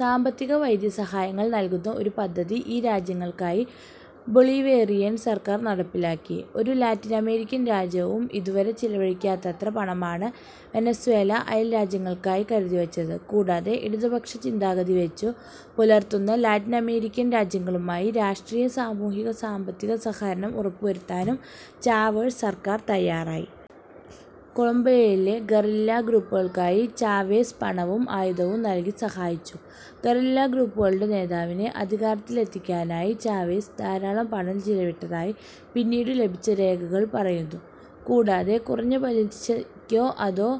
സാമ്പത്തിക, വൈദ്യ സഹായങ്ങൾ നൽകുന്ന ഒരു പദ്ധതി ഈ രാജ്യങ്ങൾക്കായി ബൊളിവേറിയൻ സർക്കാർ നടപ്പിലാക്കി. ഒരു ലാറ്റിനമേരിക്കൻ രാജ്യവും ഇതുവരെ ചിലവഴിക്കാത്തത്ര പണമാണ് വെനസ്വേല അയൽരാജ്യങ്ങൾക്കായി കരുതിവെച്ചത്. കൂടാതെ ഇടതുപക്ഷ ചിന്താഗതി വെച്ചു പുലർത്തുന്ന ലാറ്റിനമേരിക്കൻ രാജ്യങ്ങളുമായി രാഷ്ട്രീയ, സാമൂഹിക, സാമ്പത്തിക സഹകരണം ഉറപ്പുവരുത്താനും ചാവേസ് സർക്കാർ തയ്യാറായി. കൊളംബിയയിലെ ഗറില്ലാ ഗ്രൂപ്പുകൾക്കായി ചാവേസ് പണവും ആയുധവും നൽകി സഹായിച്ചു. ഗറില്ലാ ഗ്രൂപ്പുകളുടെ നേതാവിനെ അധികാരത്തിലെത്തിക്കാനായി ചാവേസ് ധാരാളം പണം ചിലവിട്ടതായി പിന്നീടു ലഭിച്ച രേഖകൾ പറയുന്നു. കൂടാതെ, കുറഞ്ഞ പലിശക്കോ, അതോ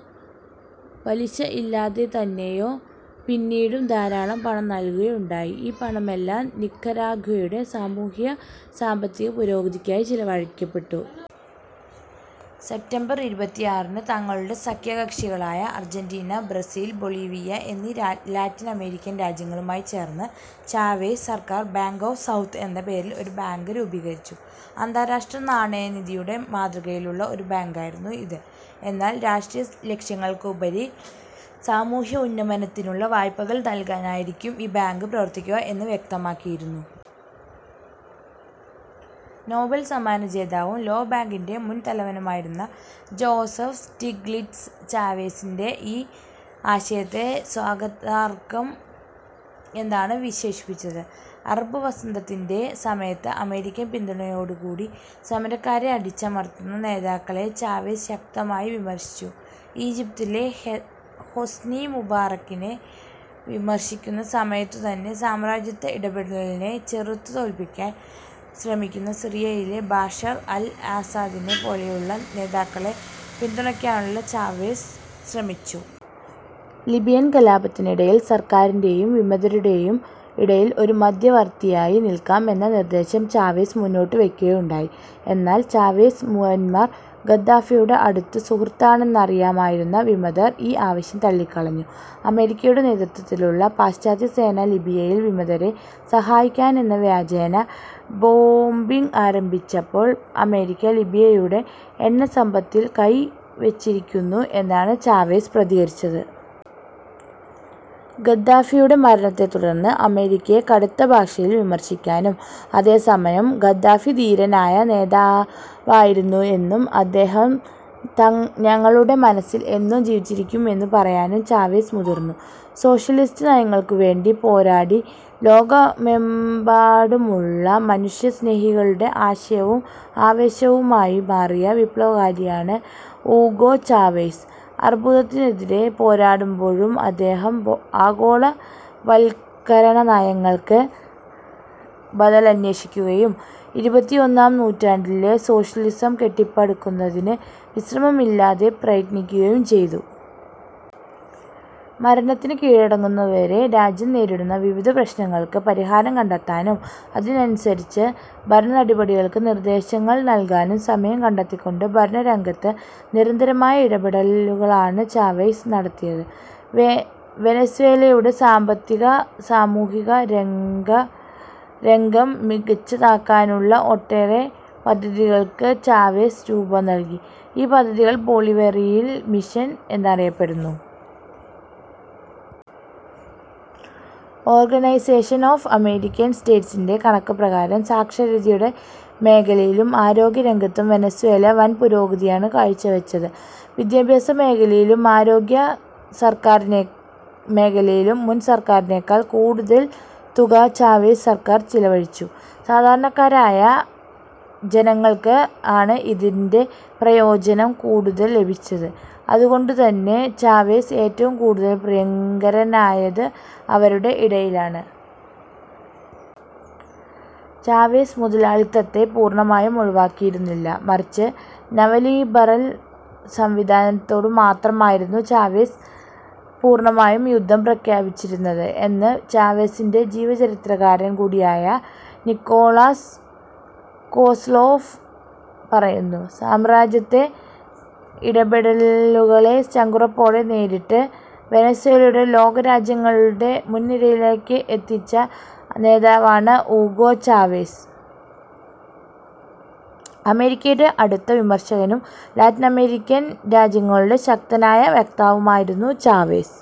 പലിശ ഇല്ലാതെതന്നെയോ പിന്നീടും ധാരാളം പണം നൽകുകയുണ്ടായി. ഈ പണമെല്ലാം നിക്കരാഗ്വയുടെ സാമൂഹ്യ, സാമ്പത്തിക പുരോഗതിക്കായി ചിലവഴിക്കപ്പെട്ടു. സെപ്റ്റംബർ ഇരുപത്തിയാറിന് തങ്ങളുടെ സഖ്യകക്ഷികളായ അർജന്റീന, ബ്രസീൽ, ബൊളീവിയ എന്നീ ലാറ്റിനമേരിക്കൻ രാജ്യങ്ങളുമായി ചേർന്ന് ചാവേസ് സർക്കാർ ബാങ്ക് ഓഫ് സൗത്ത് എന്ന പേരിൽ ഒരു ബാങ്ക് രൂപീകരിച്ചു. അന്താരാഷ്ട്ര നാണയനിധിയുടെ മാതൃകയിലുള്ള ഒരു ബാങ്കായിരുന്നു ഇത്. എന്നാൽ രാഷ്ട്രീയലക്ഷ്യങ്ങൾക്കുപരി സാമൂഹ്യ ഉന്നമനത്തിനുള്ള വായ്പകൾ നൽകാനായിരിക്കും ഈ ബാങ്ക് പ്രവർത്തിക്കുക എന്ന് വ്യക്തമാക്കിയിരുന്നു. നോബൽ സമ്മാന ജേതാവും, ലോകബാങ്കിന്റെ മുൻ തലവനുമായിരുന്ന ജോസഫ് സ്റ്റിഗ്ലിറ്റ്സ് ചാവേസിന്റെ ഈ ആശയത്തെ സ്വാഗതാർഹം എന്നാണ് വിശേഷിപ്പിച്ചത്. അറബ് വസന്തത്തിന്റെ സമയത്ത് അമേരിക്കൻ പിന്തുണയോടുകൂടി സമരക്കാരെ അടിച്ചമർത്തുന്ന നേതാക്കളെ ചാവേസ് ശക്തമായി വിമർശിച്ചു. ഈജിപ്തിലെ ഹൊസ്നി മുബാറക്കിനെ വിമർശിക്കുന്ന സമയത്തുതന്നെ സാമ്രാജ്യത്വ ഇടപെടലിനെ ചെറുത്തു തോൽപ്പിക്കാൻ ശ്രമിക്കുന്ന സിറിയയിലെ ബാഷർ അൽ ആസാദിനെ പോലെയുള്ള നേതാക്കളെ പിന്തുണയ്ക്കാനും ചാവേസ് ശ്രദ്ധിച്ചു. ലിബിയൻ കലാപത്തിനിടയിൽ സർക്കാരിന്റേയും, വിമതരുടേയും ഇടയിൽ ഒരു മദ്ധ്യവർത്തിയായി നിൽക്കാം എന്ന നിർദ്ദേശം ചാവേസ് മുന്നോട്ടു വെയ്ക്കുകയുണ്ടായി. എന്നാൽ ചാവേസ് മുവമ്മർ ഗദ്ദാഫിയുടെ അടുത്ത സുഹൃത്താണെന്നറിയാമായിരുന്ന വിമതർ ഈ ആവശ്യം തള്ളിക്കളഞ്ഞു. അമേരിക്കയുടെ നേതൃത്വത്തിലുള്ള പാശ്ചാത്യസേന ലിബിയയിൽ വിമതരെ സഹായിക്കാനെന്ന വ്യാജേന ബോംബിംഗ് ആരംഭിച്ചപ്പോൾ, അമേരിക്ക ലിബിയയുടെ എണ്ണസമ്പത്തിൽ കൈ വെച്ചിരിക്കുന്നു എന്നാണ് ചാവേസ് പ്രതികരിച്ചത്. ഗദ്ദാഫിയുടെ മരണത്തെതുടർന്ന് അമേരിക്കയെ കടുത്തഭാഷയിൽ വിമർശിക്കാനും, അതേസമയം ഗദ്ദാഫി ധീരനായ നേതാവായിരുന്നെന്നും അദ്ദേഹം ഞങ്ങളുടെ മനസ്സിൽ എന്നും ജീവിച്ചിരിക്കും എന്നു പറയാനും ചാവേസ് മുതിർന്നു സോഷ്യലിസ്റ്റ് നയങ്ങൾക്കുവേണ്ടി പോരാടി ലോകമെമ്പാടുമുള്ള മനുഷ്യസ്നേഹികളുടെ ആശയും ആവേശവുമായി മാറിയ വിപ്ലവകാരിയാണ് ഊഗോ ചാവെസ്. അർബുദത്തിനെതിരേ പോരാടുമ്പോഴും അദ്ദേഹം ആഗോളവൽക്കരണനയങ്ങൾക്ക് ബദലന്വേഷിക്കുകയും ഇരുപത്തിയൊന്നാം നൂറ്റാണ്ടിലെ സോഷ്യലിസം കെട്ടിപ്പടുക്കുന്നതിന് വിശ്രമമില്ലാതെ പ്രയത്നിക്കുകയും ചെയ്തു. മരണത്തിന് കീഴടങ്ങുന്നതുവരെ രാജ്യം നേരിടുന്ന വിവിധ പ്രശ്നങ്ങൾക്ക് പരിഹാരം കണ്ടെത്താനും അതിനനുസരിച്ച ഭരണനടപടികൾക്ക് നിർദ്ദേശങ്ങൾ നൽകാനും സമയം കണ്ടെത്തിക്കൊണ്ട് ഭരണരംഗത്ത് നിരന്തരമായ ഇടപെടലുകളാണ് ചാവെസ് നടത്തിയത്. വെനസ്വേലയുടെ സാമ്പത്തിക, സാമൂഹിക, രംഗം മികച്ചതാക്കാനുള്ള ഒട്ടേറെ പദ്ധതികൾക്ക് ചാവേസ് രൂപം നൽകി. ഈ പദ്ധതികൾ ബൊളിവേറിയൻ മിഷൻ എന്നറിയപ്പെടുന്നു. ഓർഗനൈസേഷൻ ഓഫ് അമേരിക്കൻ സ്റ്റേറ്റ്സിന്റെ കണക്കുപ്രകാരം സാക്ഷരതയുടെ മേഖലയിലും, ആരോഗ്യരംഗത്തും വെനസ്വേല വൻപുരോഗതിയാണ് കാഴ്ചവെച്ചത്. വിദ്യാഭ്യാസ മേഖലയിലും, ആരോഗ്യ മേഖലയിലും മുൻ സർക്കാരിനേക്കാൾ കൂടുതൽ തുക ചാവേസ് സർക്കാർ ചിലവഴിച്ചു. സാധാരണക്കാരായ ജനങ്ങൾക്കാണ് ഇതിന്റെ പ്രയോജനം കൂടുതൽ ലഭിച്ചത്. അതുകൊണ്ടുതന്നെ ചാവേസ് ഏറ്റവും കൂടുതൽ പ്രിയങ്കരനായത് അവരുടെ ഇടയിലാണ്. ചാവേസ് മുതലാളിത്തത്തെ പൂർണ്ണമായും ഒഴിവാക്കിയിരുന്നില്ല, മറിച്ച് നവലിബറൽ സംവിധാനത്തോടു മാത്രമായിരുന്നു ചാവേസ് പൂർണ്ണമായും യുദ്ധം പ്രഖ്യാപിച്ചിരുന്നത് എന്ന് ചാവേസിന്റെ ജീവചരിത്രകാരൻ കൂടിയായ നിക്കോളാസ് കോസ്ലോഫ് പറയുന്നു. സാമ്രാജ്യത്ത ഇടപെടലുകളെ ചങ്കുറപ്പോടെ നേരിട്ട് വെനസ്വേലയെ ലോകരാജ്യങ്ങളുടെ മുൻനിരയിലേക്ക് എത്തിച്ച നേതാവാണ് ഊഗോ ചാവെസ്. അമേരിക്കയുടെ കടുത്ത വിമർശകനും ലാറ്റിനമേരിക്കൻ രാജ്യങ്ങളുടെ ശക്തനായ വക്താവുമായിരുന്നു ചാവെസ്.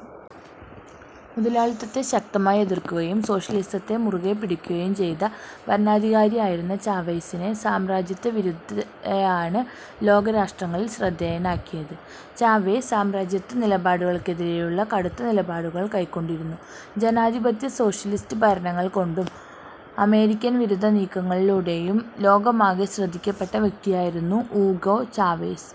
മുതലാളിത്തത്തെ ശക്തമായി എതിർക്കുകയും സോഷ്യലിസത്തെ മുറുകെ പിടിക്കുകയും ചെയ്ത ഭരണാധികാരിയായിരുന്ന ചാവെസിനെ സാമ്രാജ്യത്വ വിരുദ്ധതയാണ് ലോകരാഷ്ട്രങ്ങളിൽ ശ്രദ്ധേയനാക്കിയത്. ചാവേസ് സാമ്രാജ്യത്വ നിലപാടുകൾക്കെതിരേയുള്ള കടുത്ത നിലപാടുകൾ കൈക്കൊണ്ടിരുന്നു. ജനാധിപത്യ-സോഷ്യലിസ്റ്റ് ഭരണങ്ങൾ കൊണ്ടും, അമേരിക്കൻ വിരുദ്ധ നീക്കങ്ങളിലൂടെയും ലോകമാകെ ശ്രദ്ധിക്കപ്പെട്ട വ്യക്തിയായിരുന്നു ഊഗോ ചാവെസ്.